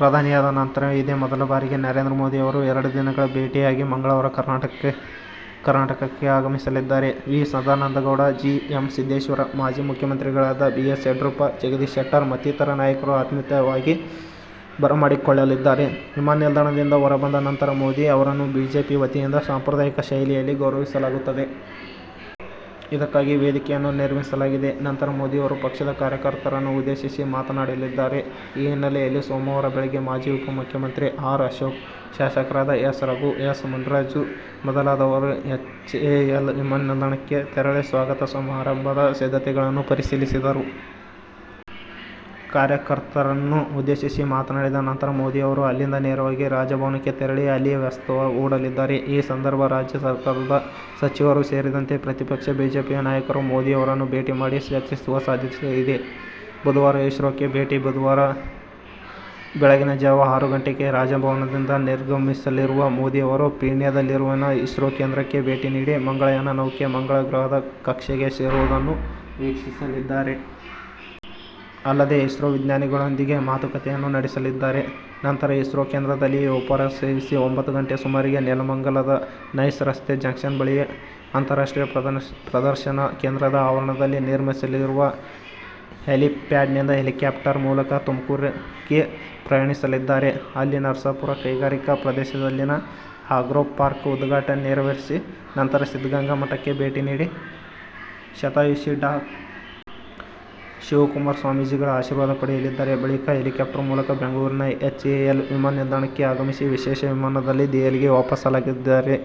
ಪ್ರಧಾನಿಯಾದ ನಂತರ ಇದೇ ಮೊದಲ ಬಾರಿಗೆ ನರೇಂದ್ರ ಮೋದಿ ಅವರು ಎರಡು ದಿನಗಳ ಭೇಟಿಗಾಗಿ ಮಂಗಳವಾರ ಕರ್ನಾಟಕಕ್ಕೆ ಆಗಮಿಸಲಿದ್ದಾರೆ. V. Sadananda Gowda, G. M. Siddeshwar, ಮಾಜಿ ಮುಖ್ಯಮಂತ್ರಿಗಳಾದ ಬಿ. ಎಸ್. ಯಡಿಯೂರಪ್ಪ, ಜಗದೀಶ್ ಶೆಟ್ಟರ್ ಮತ್ತಿತರ ನಾಯಕರು ಆತ್ಮೀಯವಾಗಿ ಬರಮಾಡಿಕೊಳ್ಳಲಿದ್ದಾರೆ. ವಿಮಾನ ನಿಲ್ದಾಣದಿಂದ ಹೊರಬಂದ ನಂತರ ಮೋದಿ ಅವರನ್ನು ಬಿಜೆಪಿ ವತಿಯಿಂದ ಸಾಂಪ್ರದಾಯಿಕ ಶೈಲಿಯಲ್ಲಿ ಗೌರವಿಸಲಾಗುತ್ತದೆ. ಇದಕ್ಕಾಗಿ ವೇದಿಕೆಯನ್ನೂ ನಿರ್ಮಿಸಲಾಗಿದೆ. ನಂತರ ಮೋದಿ ಅವರು ಪಕ್ಷದ ಕಾರ್ಯಕರ್ತರನ್ನು ಉದ್ದೇಶಿಸಿ ಮಾತನಾಡಲಿದ್ದಾರೆ. ಈ ಹಿನ್ನೆಲೆಯಲ್ಲಿ ಸೋಮವಾರ ಬೆಳಗ್ಗೆ ಮಾಜಿ ಉಪಮುಖ್ಯಮಂತ್ರಿ ಆರ್. ಅಶೋಕ್, ಶಾಸಕರಾದ ಎಸ್. ರಘು, ಎಸ್. ಮುನಿರಾಜು ಮೊದಲಾದವರು ಎಚ್ ಎ ಎಲ್ ವಿಮಾನ ನಿಲ್ದಾಣಕ್ಕೆ ತೆರಳಿ ಸ್ವಾಗತ ಸಮಾರಂಭದ ಸಿದ್ಧತೆಗಳನ್ನು ಪರಿಶೀಲಿಸಿದರು. ಕಾರ್ಯಕರ್ತರನ್ನು ಉದ್ದೇಶಿಸಿ ಮಾತನಾಡಿದ ನಂತರ ಮೋದಿ ಅವರು ಅಲ್ಲಿಂದ ನೇರವಾಗಿ ರಾಜಭವನಕ್ಕೆ ತೆರಳಿ ಅಲ್ಲಿಯೇ ವಾಸ್ತವ್ಯ ಹೂಡಲಿದ್ದಾರೆ. ಈ ಸಂದರ್ಭ ರಾಜ್ಯ ಸರ್ಕಾರದ ಸಚಿವರೂ ಸೇರಿದಂತೆ ಪ್ರತಿಪಕ್ಷ ಬಿಜೆಪಿಯ ನಾಯಕರು ಮೋದಿ ಅವರನ್ನು ಭೇಟಿ ಮಾಡಿ ಚರ್ಚಿಸುವ ಸಾಧ್ಯತೆಯಿದೆ. ಬುಧವಾರ ಇಸ್ರೋಕ್ಕೆ ಭೇಟಿ ಬುಧವಾರ ಬೆಳಗಿನ ಜಾವ ಆರು ಗಂಟೆಗೆ ರಾಜಭವನದಿಂದ ನಿರ್ಗಮಿಸಲಿರುವ ಮೋದಿ ಅವರು ಪೀಣ್ಯದಲ್ಲಿರುವ ಇಸ್ರೋ ಕೇಂದ್ರಕ್ಕೆ ಭೇಟಿ ನೀಡಿ ಮಂಗಳಯಾನ ನೌಕೆ ಮಂಗಳ ಗ್ರಹದ ಕಕ್ಷೆಗೆ ಸೇರುವುದನ್ನು ವೀಕ್ಷಿಸಲಿದ್ದಾರೆ. ಅಲ್ಲದೆ ಇಸ್ರೋ ವಿಜ್ಞಾನಿಗಳೊಂದಿಗೆ ಮಾತುಕತೆಯನ್ನೂ ನಡೆಸಲಿದ್ದಾರೆ. ನಂತರ ಇಸ್ರೋ ಕೇಂದ್ರದಲ್ಲಿಯೇ ಉಪಹಾರ ಸೇವಿಸಿ ಒಂಭತ್ತು ಗಂಟೆ ಸುಮಾರಿಗೆ ನೆಲಮಂಗಲದ ನೈಸ್ ರಸ್ತೆ ಜಂಕ್ಷನ್ ಬಳಿಯ ಅಂತಾರಾಷ್ಟ್ರೀಯ ಪ್ರದರ್ಶನ ಕೇಂದ್ರದ ಆವರಣದಲ್ಲಿ ನಿರ್ಮಿಸಿರುವ ಹೆಲಿಪ್ಯಾಡ್ನಿಂದ ಹೆಲಿಕಾಪ್ಟರ್ ಮೂಲಕ ತುಮಕೂರಿಗೆ ಪ್ರಯಾಣಿಸಲಿದ್ದಾರೆ. ಅಲ್ಲಿ ನರಸಾಪುರ ಕೈಗಾರಿಕಾ ಪ್ರದೇಶದಲ್ಲಿನ ಆಗ್ರೋಪಾರ್ಕ್ ಉದ್ಘಾಟನೆ ನೆರವೇರಿಸಿ ನಂತರ ಸಿದ್ದಗಂಗಾ ಮಠಕ್ಕೆ ಭೇಟಿ ನೀಡಿ ಶತಾಯುಷಿ ಡಾ. ಶಿವಕುಮಾರ ಸ್ವಾಮೀಜಿಗಳ ಆಶೀರ್ವಾದ ಪಡೆಯಲಿದ್ದಾರೆ. ಬಳಿಕ ಹೆಲಿಕಾಪ್ಟರ್ ಮೂಲಕ ಬೆಂಗಳೂರಿನ ಎಚ್ ಎ ಎಲ್ ವಿಮಾನ ನಿಲ್ದಾಣಕ್ಕೆ ಆಗಮಿಸಿ ವಿಶೇಷ ವಿಮಾನದಲ್ಲಿ ದೆಹಲಿಗೆ ವಾಪಸಾಗಲಿದ್ದಾರೆ.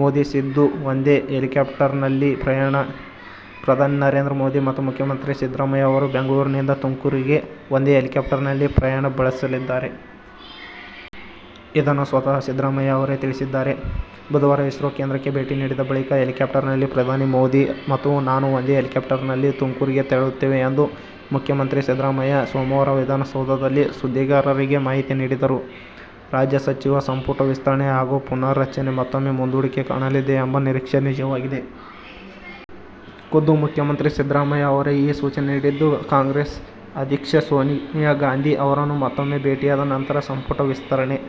ಮೋದಿ-ಸಿದ್ದು ಒಂದೇ ಹೆಲಿಕಾಪ್ಟರ್ನಲ್ಲಿ ಪ್ರಯಾಣ. ಪ್ರಧಾನಿ ನರೇಂದ್ರ ಮೋದಿ ಮತ್ತು ಮುಖ್ಯಮಂತ್ರಿ ಸಿದ್ದರಾಮಯ್ಯ ಅವರು ಬೆಂಗಳೂರಿನಿಂದ ತುಮಕೂರಿಗೆ ಒಂದೇ ಹೆಲಿಕಾಪ್ಟರ್ನಲ್ಲಿ ಪ್ರಯಾಣ ಬೆಳಸಲಿದ್ದಾರೆ. ಇದನ್ನು ಸ್ವತಃ ಸಿದ್ದರಾಮಯ್ಯ ಅವರೇ ತಿಳಿಸಿದ್ದಾರೆ. ಬುಧವಾರ ಇಸ್ರೋ ಕೇಂದ್ರಕ್ಕೆ ಭೇಟಿ ನೀಡಿದ ಬಳಿಕ ಹೆಲಿಕಾಪ್ಟರ್ನಲ್ಲಿ ಪ್ರಧಾನಿ ಮೋದಿ ಮತ್ತು ನಾನು ಒಂದೇ ಹೆಲಿಕಾಪ್ಟರ್ನಲ್ಲಿ ತುಮಕೂರಿಗೆ ತೆರಳುತ್ತೇವೆ ಎಂದು ಮುಖ್ಯಮಂತ್ರಿ ಸಿದ್ದರಾಮಯ್ಯ ಸೋಮವಾರ ವಿಧಾನಸೌಧದಲ್ಲಿ ಸುದ್ದಿಗಾರರಿಗೆ ಮಾಹಿತಿ ನೀಡಿದರು. ರಾಜ್ಯ ಸಚಿವ ಸಂಪುಟ ವಿಸ್ತರಣೆ ಹಾಗೂ ಪುನರ್ ರಚನೆ ಮತ್ತೂಮ್ಮೆ ಮುಂದೂಡಿಕೆ ಕಾಣಲಿದೆ ಎಂಬ ನಿರೀಕ್ಷೆ ನಿಜವಾಗಿದೆ. ಖುದ್ದು ಮುಖ್ಯಮಂತ್ರಿ ಸಿದ್ದರಾಮಯ್ಯ ಅವರೇ ಈ ಸೂಚನೆ ನೀಡಿದ್ದು, ಕಾಂಗ್ರೆಸ್ ಅಧ್ಯಕ್ಷೆ ಸೋನಿಯಾ ಗಾಂಧಿ ಅವರನ್ನು ಮತ್ತೂಮ್ಮೆ ಭೇಟಿಯಾದ ನಂತರ ಸಂಪುಟ ವಿಸ್ತರಣೆ